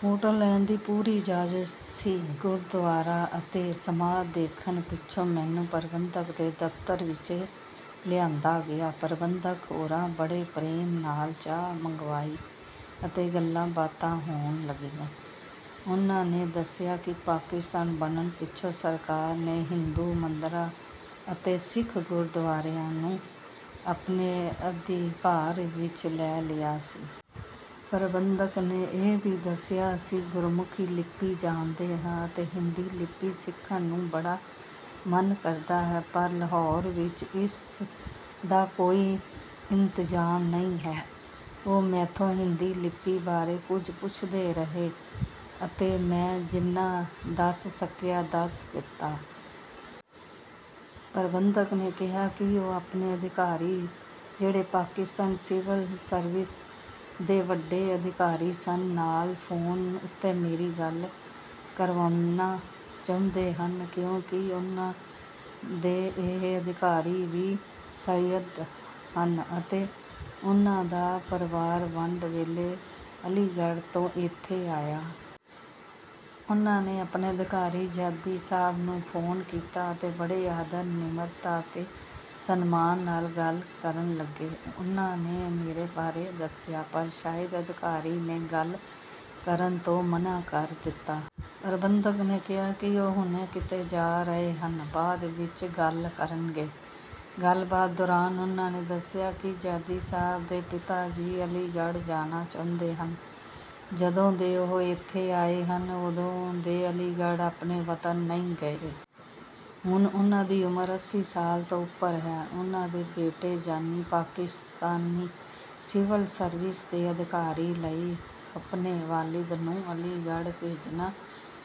Photo ਲੈਣ ਦੀ ਪੂਰੀ ਇਜਾਜ਼ਤ ਸੀ। ਗੁਰਦੁਆਰਾ ਅਤੇ ਸਮਾਧ ਦੇਖਣ ਪਿੱਛੋਂ ਮੈਨੂੰ ਪ੍ਰਬੰਧਕ ਦੇ ਦਫ਼ਤਰ ਵਿੱਚ ਲਿਆਂਦਾ ਗਿਆ। ਪ੍ਰਬੰਧਕ ਹੋਰਾਂ ਬੜੇ ਪ੍ਰੇਮ ਨਾਲ ਚਾਹ ਮੰਗਵਾਈ ਅਤੇ ਗੱਲਾਂ-ਬਾਤਾਂ ਹੋਣ ਲੱਗੀਆਂ। ਉਹਨਾਂ ਨੇ ਦੱਸਿਆ ਕਿ ਪਾਕਿਸਤਾਨ ਬਣਨ ਪਿੱਛੋਂ ਸਰਕਾਰ ਨੇ ਹਿੰਦੂ ਮੰਦਰਾਂ ਅਤੇ ਸਿੱਖ ਗੁਰਦੁਆਰਿਆਂ ਨੂੰ ਆਪਣੇ ਅਧਿਕਾਰ ਵਿੱਚ ਲੈ ਲਿਆ ਸੀ। ਪ੍ਰਬੰਧਕ ਨੇ ਇਹ ਵੀ ਦੱਸਿਆ, "ਅਸੀਂ ਗੁਰਮੁਖੀ ਲਿੱਪੀ ਜਾਣਦੇ ਹਾਂ ਅਤੇ ਹਿੰਦੀ ਲਿੱਪੀ ਸਿੱਖਣ ਨੂੰ ਬੜਾ ਮਨ ਕਰਦਾ ਹੈ, ਪਰ ਲਾਹੌਰ ਵਿੱਚ ਇਸ ਦਾ ਕੋਈ ਇੰਤਜ਼ਾਮ ਨਹੀਂ ਹੈ।" ਉਹ ਮੈਥੋਂ ਹਿੰਦੀ ਲਿੱਪੀ ਬਾਰੇ ਕੁਝ ਪੁੱਛਦੇ ਰਹੇ ਅਤੇ ਮੈਂ ਜਿੰਨਾ ਦੱਸ ਸਕਿਆ, ਦੱਸ ਦਿੱਤਾ। ਪ੍ਰਬੰਧਕ ਨੇ ਕਿਹਾ ਕਿ ਉਹ ਆਪਣੇ ਅਧਿਕਾਰੀ, ਜਿਹੜੇ ਪਾਕਿਸਤਾਨ ਸਿਵਲ ਸਰਵਿਸ ਦੇ ਵੱਡੇ ਅਧਿਕਾਰੀ ਸਨ, ਨਾਲ ਫ਼ੋਨ ਉੱਤੇ ਮੇਰੀ ਗੱਲ ਕਰਵਾਉਣਾ ਚਾਹੁੰਦੇ ਹਨ ਕਿਉਂਕਿ ਉਹਨਾਂ ਦੇ ਇਹ ਅਧਿਕਾਰੀ ਵੀ ਸੱਯਦ ਹਨ ਅਤੇ ਉਹਨਾਂ ਦਾ ਪਰਿਵਾਰ ਵੰਡ ਵੇਲੇ ਅਲੀਗੜ੍ਹ ਤੋਂ ਇੱਥੇ ਆਇਆ ਸੀ। ਉਹਨਾਂ ਨੇ ਆਪਣੇ ਅਧਿਕਾਰੀ ਜ਼ੈਦੀ ਸਾਹਿਬ ਨੂੰ ਫ਼ੋਨ ਕੀਤਾ ਅਤੇ ਬੜੇ ਆਦਰ, ਨਿਮਰਤਾ ਤੇ ਸਨਮਾਨ ਨਾਲ ਗੱਲ ਕਰਨ ਲੱਗੇ। ਉਹਨਾਂ ਨੇ ਮੇਰੇ ਬਾਰੇ ਦੱਸਿਆ, ਪਰ ਸ਼ਾਇਦ ਅਧਿਕਾਰੀ ਨੇ ਗੱਲ ਕਰਨ ਤੋਂ ਮਨ੍ਹਾ ਕਰ ਦਿੱਤਾ। ਪ੍ਰਬੰਧਕ ਨੇ ਕਿਹਾ ਕਿ ਉਹ ਹੁਣੇ ਕਿਤੇ ਜਾ ਰਹੇ ਹਨ, ਬਾਅਦ ਵਿੱਚ ਗੱਲ ਕਰਨਗੇ। ਗੱਲਬਾਤ ਦੌਰਾਨ ਉਹਨਾਂ ਨੇ ਦੱਸਿਆ ਕਿ ਜ਼ੈਦੀ ਸਾਹਿਬ ਦੇ ਪਿਤਾ ਜੀ ਅਲੀਗੜ੍ਹ ਜਾਣਾ ਚਾਹੁੰਦੇ ਹਨ। ਜਦੋਂ ਦੇ ਉਹ ਇੱਥੇ ਆਏ ਹਨ, ਉਦੋਂ ਦੇ ਅਲੀਗੜ੍ਹ, ਆਪਣੇ ਵਤਨ ਨਹੀਂ ਗਏ। ਹੁਣ ਉਹਨਾਂ ਦੀ ਉਮਰ ਅੱਸੀ ਸਾਲ ਤੋਂ ਉੱਪਰ ਹੈ। ਉਹਨਾਂ ਦੇ ਬੇਟੇ ਯਾਨੀ ਪਾਕਿਸਤਾਨੀ ਸਿਵਲ ਸਰਵਿਸ ਦੇ ਅਧਿਕਾਰੀ ਲਈ ਆਪਣੇ ਵਾਲਿਦ ਨੂੰ ਅਲੀਗੜ੍ਹ ਭੇਜਣਾ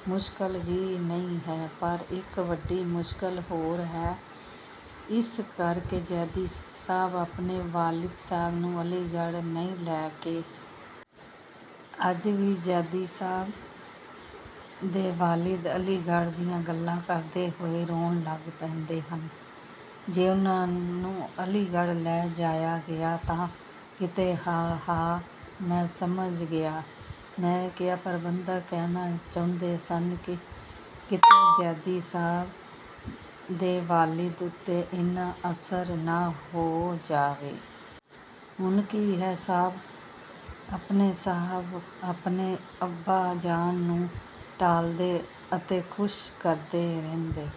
ਮੁਸ਼ਕਲ ਵੀ ਨਹੀਂ ਹੈ, ਪਰ ਇੱਕ ਵੱਡੀ ਮੁਸ਼ਕਲ ਹੋਰ ਹੈ, ਇਸ ਕਰਕੇ ਜ਼ੈਦੀ ਸਾਹਿਬ ਆਪਣੇ ਵਾਲਿਦ ਸਾਹਿਬ ਨੂੰ ਅਲੀਗੜ੍ਹ ਨਹੀਂ ਲੈ ਕੇ ਜਾਂਦੇ। "ਅੱਜ ਵੀ ਜ਼ੈਦੀ ਸਾਹਿਬ ਦੇ ਵਾਲਿਦ ਅਲੀਗੜ੍ਹ ਦੀਆਂ ਗੱਲਾਂ ਕਰਦੇ ਹੋਏ ਰੋਣ ਲੱਗ ਪੈਂਦੇ ਹਨ... ਜੇ ਉਹਨਾਂ ਨੂੰ ਅਲੀਗੜ੍ਹ ਲੈ ਜਾਇਆ ਗਿਆ ਤਾਂ ਕਿਤੇ..." "ਹਾਂ-ਹਾਂ, ਮੈਂ ਸਮਝ ਗਿਆ," ਮੈਂ ਕਿਹਾ। ਪ੍ਰਬੰਧਕ ਕਹਿਣਾ ਚਾਹੁੰਦੇ ਸਨ ਕਿ ਕਿਤੇ ਜ਼ੈਦੀ ਸਾਹਿਬ ਦੇ ਵਾਲਿਦ ਉੱਤੇ ਇੰਨਾ ਅਸਰ ਨਾ ਹੋ ਜਾਵੇ ਕਿ ਉੱਥੇ ਅਲੀਗੜ੍ਹ ਵਿੱਚ ਹੀ...। "ਹੁਣ ਕੀ ਹੈ ਸਾਹਿਬ... ਆਪਣੇ ਸਾਹਿਬ, ਆਪਣੇ ਅੱਬਾ ਜਾਨ ਨੂੰ ਟਾਲਦੇ ਅਤੇ ਖ਼ੁਸ਼ ਕਰਦੇ ਰਹਿੰਦੇ